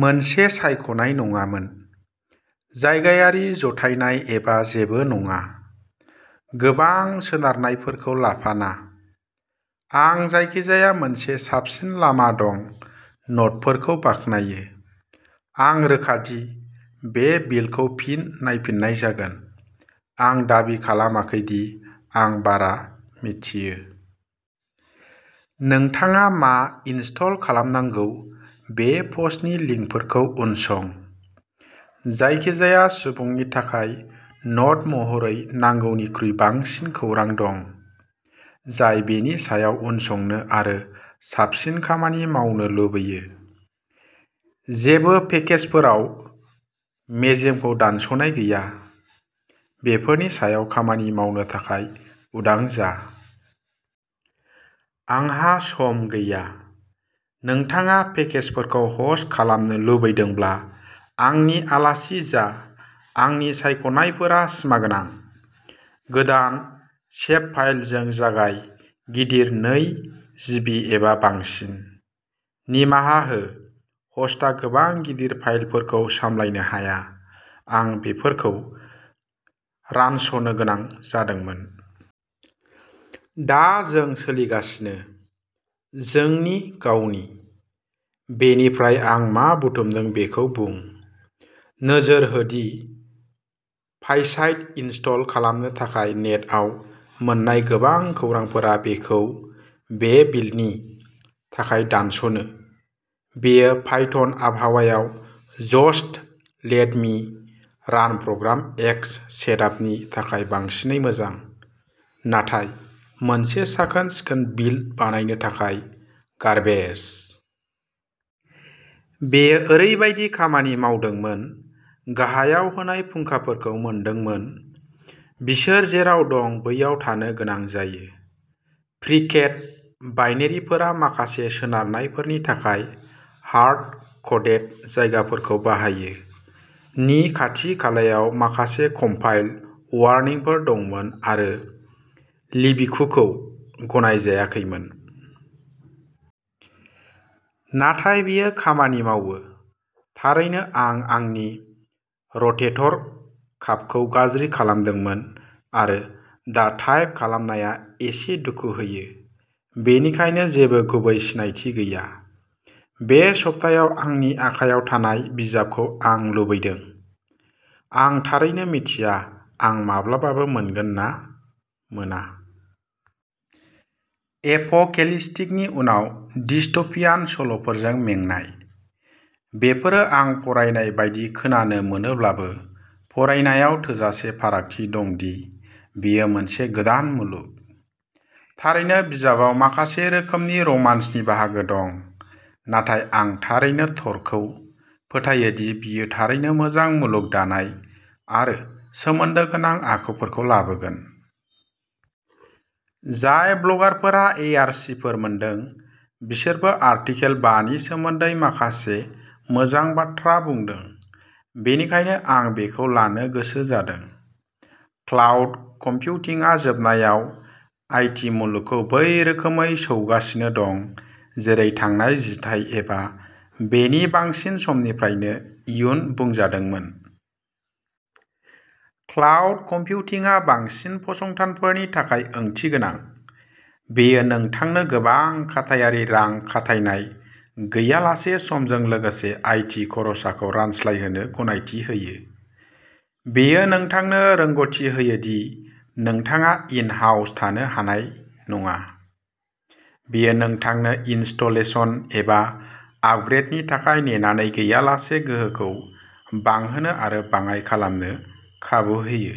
मोनसे सायख'नाय नङामोन। जायगायारि जथायनाय एबा जेबो नङा। गोबां सोनारनायफोरखौ लाफाना। आं जायखिजाया मोनसे साबसिन लामा दं न'टफोरखौ बाख्नायो। आं रोखा दि बे बिल्डखौ फिन नायफिननाय जागोन। आं दाबि खालामाखै दि आं बारा मिथियो। नोंथाङा मा इनस्टल खालामनांगौ बे पस्टनि लिंकफोरखौ उनसं। जायखिजाया सुबुंनि थाखाय न'ट महरै नांगौनिख्रुइ बांसिन खौरां दं, जाय बेनि सायाव उनसंनो आरो साबसिन खामानि मावनो लुबैयो। जेबो पेकेजफोराव मेजेमखौ दानस'नाय गैया। बेफोरनि सायाव खामानि मावनो थाखाय उदां जा। आंहा सम गैया। नोंथाङा पेकेजफोरखौ ह'स्ट खालामनो लुबैदोंब्ला आंनि आलासि जा आंनि सायख'नायफोरा सिमागोनां। गोदान सेभफाइलजों जागाय गिदिर नै जिबि एबा बांसिन। निमाहा हो ह'स्टआ गोबां गिदिर फाइलफोरखौ सामलायनो हाया। आं बेफोरखौ रानस'नो गोनां जादोंमोन। दा जों सोलिगासिनो। जोंनि गावनि। बेनिफ्राय आं मा बुथुमदों बेखौ बुं। नोजोर हो दि पाइसाइड इनस्टल खालामनो थाखाय नेटआव मोन्नाय गोबां खौरांफोरा बेखौ बे बिल्डनि थाखाय दानस'नो। बेयो पाइथन आबहावायाव जस्ट लेट मि रान प्रग्राम एक्स सेटआपनि थाखाय बांसिनै मोजां, नाथाय मोनसे साखोन-सिखोन बिल्ड बानायनो थाखाय गार्बेज। बेयो ओरैबायदि खामानि मावदोंमोन गाहायाव होनाय फुंखाफोरखौ मोनदोंमोन बिसोर जेराव दं बैयाव थानो गोनां जायो। फ्रिकेड बाइनेरिफोरा माखासे सोनारनायफोरनि थाखाय हार्ड क'डेड जायगाफोरखौ बाहायो। नि खाथि-खालायाव माखासे कम्पाइल वार्निंफोर दंमोन आरो लिबिकुखौ गनायजायाखैमोन। नाथाय बेयो खामानि मावो। थारैनो आं आंनि र'टेटर काफखौ गाज्रि खालामदोंमोन आरो दा टाइप खालामनाया एसे दुखु होयो, बेनिखायनो जेबो गुबै सिनायथि गैया। बे सप्तायाव आंनि आखायाव थानाय बिजाबखौ आं लुबैदों। आं थारैनो मिथिया आं माब्लाबाबो मोनगोन ना मोना। एपोकेलिप्टिकनि उनाव डिस्ट'पियान सल'फोरजों मेंनाय। बेफोरो आं फरायनाय बायदि खोनानो मोनोब्लाबो, फरायनायाव थोजासे फारागथि दं दि बेयो मोनसे गोदान मुलुग। थारैनो बिजाबाव माखासे रोखोमनि रमान्सनि बाहागो दं, नाथाय आं थारैनो टरखौ फोथायो दि बियो थारैनो मोजां मुलुग दानाय आरो सोमोन्दो गोनां आखुफोरखौ लाबोगोन। जाय ब्लगारफोरा एआरसीफोर मोनदों, बिसोरबो आर्टिकेल बा नि सोमोन्दै माखासे मोजां बाथ्रा बुंदों, बेनिखायनो आं बेखौ लानो गोसो जादों। क्लाउड कम्पिउटिंआ जोबनायाव आई टी मुलुगखौ बै रोखोमै सौगासिनो दं जेरै थांनाय जिथाइ एबा बेनि बांसिन समनिफ्रायनो इयुन बुंजादोंमोन। क्लाउड कम्पिउटिंआ बांसिन फसंथानफोरनि थाखाय ओंथिगोनां। बेयो नोंथांनो गोबां खाथायारि रां खाथायनाय गैयालासे समजों लोगोसे आई टी खरसाखौ रानस्लायहोनो गनायथि होयो। बेयो नोंथांनो रोंग'थि होयो दि नोंथाङा इन-हाउस थानो हानाय नङा। बेयो नोंथांनो इनस्टलेशन एबा आपग्रेडनि थाखाय नेनानै गैयालासे गोहोखौ बांहोनो आरो बाङाय खालामनो खाबु होयो।